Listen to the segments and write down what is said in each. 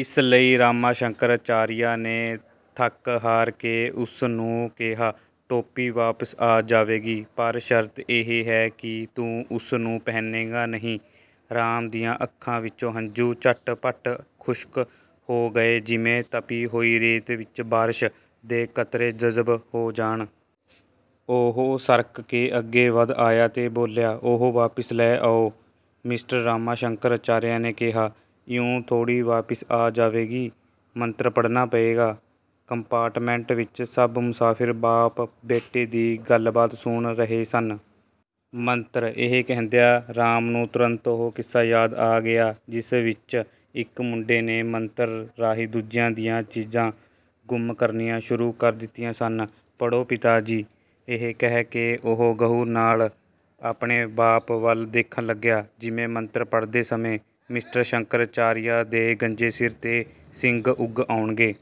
ਇਸ ਲਈ ਰਾਮਾ ਸ਼ੰਕਰ ਅਚਾਰੀਆ ਨੇ ਥੱਕ ਹਾਰ ਕੇ ਉਸ ਨੂੰ ਕਿਹਾ, "ਟੋਪੀ ਵਾਪਸ ਆ ਜਾਵੇਗੀ ਪਰ ਸ਼ਰਤ ਇਹ ਹੈ ਕਿ ਤੂੰ ਉਸ ਨੂੰ ਪਹਿਨੇਂਗਾ ਨਹੀਂ " ਰਾਮ ਦੀਆਂ ਅੱਖਾਂ ਵਿਚੋਂ ਹੰਝੂ ਝੱਟ-ਪੱਟ ਖੁਸ਼ਕ ਹੋ ਗਏ ਜਿਵੇਂ ਤਪੀ ਹੋਈ ਰੇਤ ਵਿਚ ਬਾਰਸ਼ ਦੇ ਕਤਰੇ ਜਜ਼ਬ ਹੋ ਜਾਣ। ਉਹ ਸਰਕ ਕੇ ਅੱਗੇ ਵਧ ਆਇਆ ਤੇ ਬੋਲਿਆ, "ਉਹ ਵਾਪਸ ਲੈ ਆਓ। " ਮਿਸਟਰ ਰਾਮਾ ਸ਼ੰਕਰ ਅਚਾਰੀਆ ਨੇ ਕਿਹਾ, "ਇਉਂ ਥੋੜ੍ਹੀ ਵਾਪਸ ਆ ਜਾਵੇਗੀ, ਮੰਤਰ ਪੜ੍ਹਨਾ ਪਏਗਾ। " ਕੰਪਾਰਟਮੈਂਟ ਵਿਚ ਸਭ ਮੁਸਾਫਿਰ ਬਾਪ ਬੇਟੇ ਦੀ ਗੱਲਬਾਤ ਸੁਣ ਰਹੇ ਸਨ। "ਮੰਤਰ", ਇਹ ਕਹਿੰਦਿਆਂ ਰਾਮ ਨੂੰ ਤੁਰੰਤ ਉਹ ਕਿੱਸਾ ਯਾਦ ਆ ਗਿਆ ਜਿਸ ਵਿਚ ਇਕ ਮੁੰਡੇ ਨੇ ਮੰਤਰ ਰਾਹੀਂ ਦੂਜਿਆਂ ਦੀਆਂ ਚੀਜ਼ਾਂ ਗੁੰਮ ਕਰਨੀਆਂ ਸ਼ੁਰੂ ਕਰ ਦਿੱਤੀਆਂ ਸਨ। "ਪੜ੍ਹੋ ਪਿਤਾ ਜੀ", ਇਹ ਕਹਿ ਕੇ ਉਹ ਗਹੁ ਨਾਲ ਆਪਣੇ ਬਾਪ ਵੱਲ ਦੇਖਣ ਲੱਗਿਆ ਜਿਵੇਂ ਮੰਤਰ ਪੜ੍ਹਦੇ ਸਮੇਂ ਮਿਸਟਰ ਸ਼ੰਕਰ ਆਚਾਰੀਆ ਦੇ ਗੰਜੇ ਸਿਰ 'ਤੇ ਸਿੰਗ ਉਗ ਆਉਣਗੇ।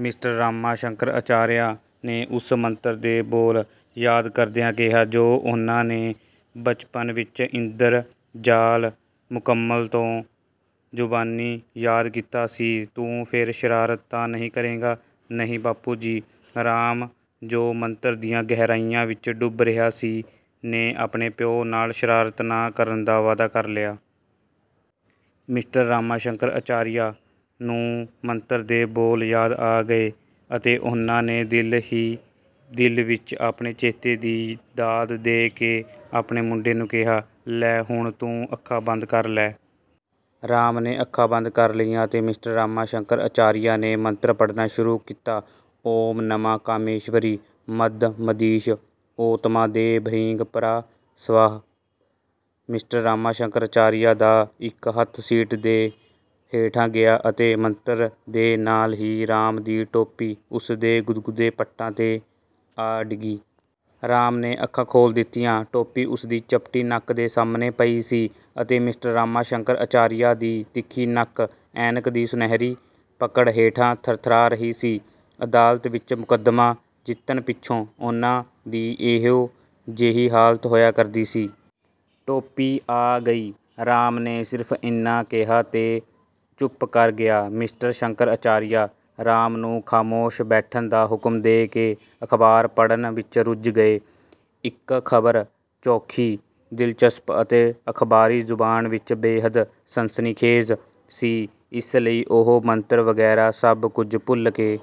ਮਿਸਟਰ ਰਾਮਾ ਸ਼ੰਕਰ ਆਚਾਰੀਆ ਨੇ ਉਸ ਮੰਤਰ ਦੇ ਬੋਲ ਯਾਦ ਕਰਦਿਆਂ ਕਿਹਾ ਜੋ ਉਨ੍ਹਾਂ ਨੇ ਬਚਪਨ ਵਿਚ 'ਇੰਦਰ ਜਾਲ ਮੁਕੰਮਲ' ਤੋਂ ਜ਼ੁਬਾਨੀ ਯਾਦ ਕੀਤਾ ਸੀ, "ਤੂੰ ਫੇਰ ਸ਼ਰਾਰਤ ਤਾਂ ਨਹੀਂ ਕਰੇਂਗਾ? " "ਨਹੀਂ ਬਾਪੂ ਜੀ", ਰਾਮ ਜੋ ਮੰਤਰ ਦੀਆਂ ਗਹਿਰਾਈਆਂ ਵਿਚ ਡੁੱਬ ਰਿਹਾ ਸੀ, ਨੇ ਆਪਣੇ ਪਿਉੁ ਨਾਲ ਸ਼ਰਾਰਤ ਨਾ ਕਰਨ ਦਾ ਵਾਅਦਾ ਕਰ ਲਿਆ। ਮਿਸਟਰ ਰਾਮਾ ਸ਼ੰਕਰ ਅਚਾਰੀਆ ਨੂੰ ਮੰਤਰ ਦੇ ਬੋਲ ਯਾਦ ਆ ਗਏ ਅਤੇ ਉਨ੍ਹਾਂ ਨੇ ਦਿਲ ਹੀ ਦਿਲ ਵਿਚ ਆਪਣੇ ਚੇਤੇ ਦੀ ਦਾਦ ਦੇ ਕੇ ਆਪਣੇ ਮੁੰਡੇ ਨੂੰ ਕਿਹਾ, "ਲੈ ਹੁਣ ਤੂੰ ਅੱਖਾਂ ਬੰਦ ਕਰ ਲੈ। " ਰਾਮ ਨੇ ਅੱਖਾਂ ਬੰਦ ਕਰ ਲਈਆਂ ਅਤੇ ਮਿਸਟਰ ਰਾਮਾ ਸ਼ੰਕਰ ਅਚਾਰੀਆ ਨੇ ਮੰਤਰ ਪੜ੍ਹਨਾ ਸ਼ੁਰੂ ਕੀਤਾ। "ਓਮ ਨਮਾ ਕਾਮੇਸ਼ਵਰੀ ਮਦ ਮਦੀਸ਼ ਓਤਮਾ ਦੇ ਭਰੀਂਗ ਪਰਾ ਸਵਾਹ", ਮਿਸਟਰ ਰਾਮਾ ਸ਼ੰਕਰ ਅਚਾਰੀਆ ਦਾ ਇਕ ਹੱਥ ਸੀਟ ਦੇ ਹੇਠਾਂ ਗਿਆ ਅਤੇ 'ਮੰਤਰ' ਦੇ ਨਾਲ ਹੀ ਰਾਮ ਦੀ ਟੋਪੀ ਉਸ ਦੇ ਗੁਦਗੁਦੇ ਪੱਟਾਂ 'ਤੇ ਆ ਡਿੱਗੀ। ਰਾਮ ਨੇ ਅੱਖਾਂ ਖੋਲ੍ਹ ਦਿੱਤੀਆਂ। ਟੋਪੀ ਉਸ ਦੀ ਚਪਟੀ ਨੱਕ ਦੇ ਸਾਹਮਣੇ ਪਈ ਸੀ ਅਤੇ ਮਿਸਟਰ ਰਾਮਾ ਸ਼ੰਕਰ ਅਚਾਰੀਆ ਦੀ ਤਿੱਖੀ ਨੱਕ ਐਨਕ ਦੀ ਸੁਨਹਿਰੀ ਪਕੜ ਹੇਠਾਂ ਥਰਥਰਾ ਰਹੀ ਸੀ। ਅਦਾਲਤ ਵਿਚ ਮੁਕੱਦਮਾ ਜਿੱਤਣ ਪਿੱਛੋਂ ਉਨ੍ਹਾਂ ਦੀ ਇਹੋ ਜਿਹੀ ਹਾਲਤ ਹੋਇਆ ਕਰਦੀ ਸੀ। "ਟੋਪੀ ਆ ਗਈ", ਰਾਮ ਨੇ ਸਿਰਫ ਇੰਨਾ ਕਿਹਾ ਤੇ ਚੁੱਪ ਕਰ ਗਿਆ। ਮਿਸਟਰ ਸ਼ੰਕਰ ਅਚਾਰੀਆ ਰਾਮ ਨੂੰ ਖਾਮੋਸ਼ ਬੈਠਣ ਦਾ ਹੁਕਮ ਦੇ ਕੇ ਅਖਬਾਰ ਪੜ੍ਹਨ ਵਿਚ ਰੁੱਝ ਗਏ। ਇਕ ਖਬਰ ਚੋਖੀ ਦਿਲਚਸਪ ਅਤੇ ਅਖਬਾਰੀ ਜ਼ੁਬਾਨ ਵਿਚ ਬੇਹੱਦ ਸਨਸਨੀਖੇਜ਼ ਸੀ। ਇਸ ਲਈ ਉਹ ਮੰਤਰ ਵਗੈਰਾ ਸਭ ਕੁਝ ਭੁੱਲ ਕੇ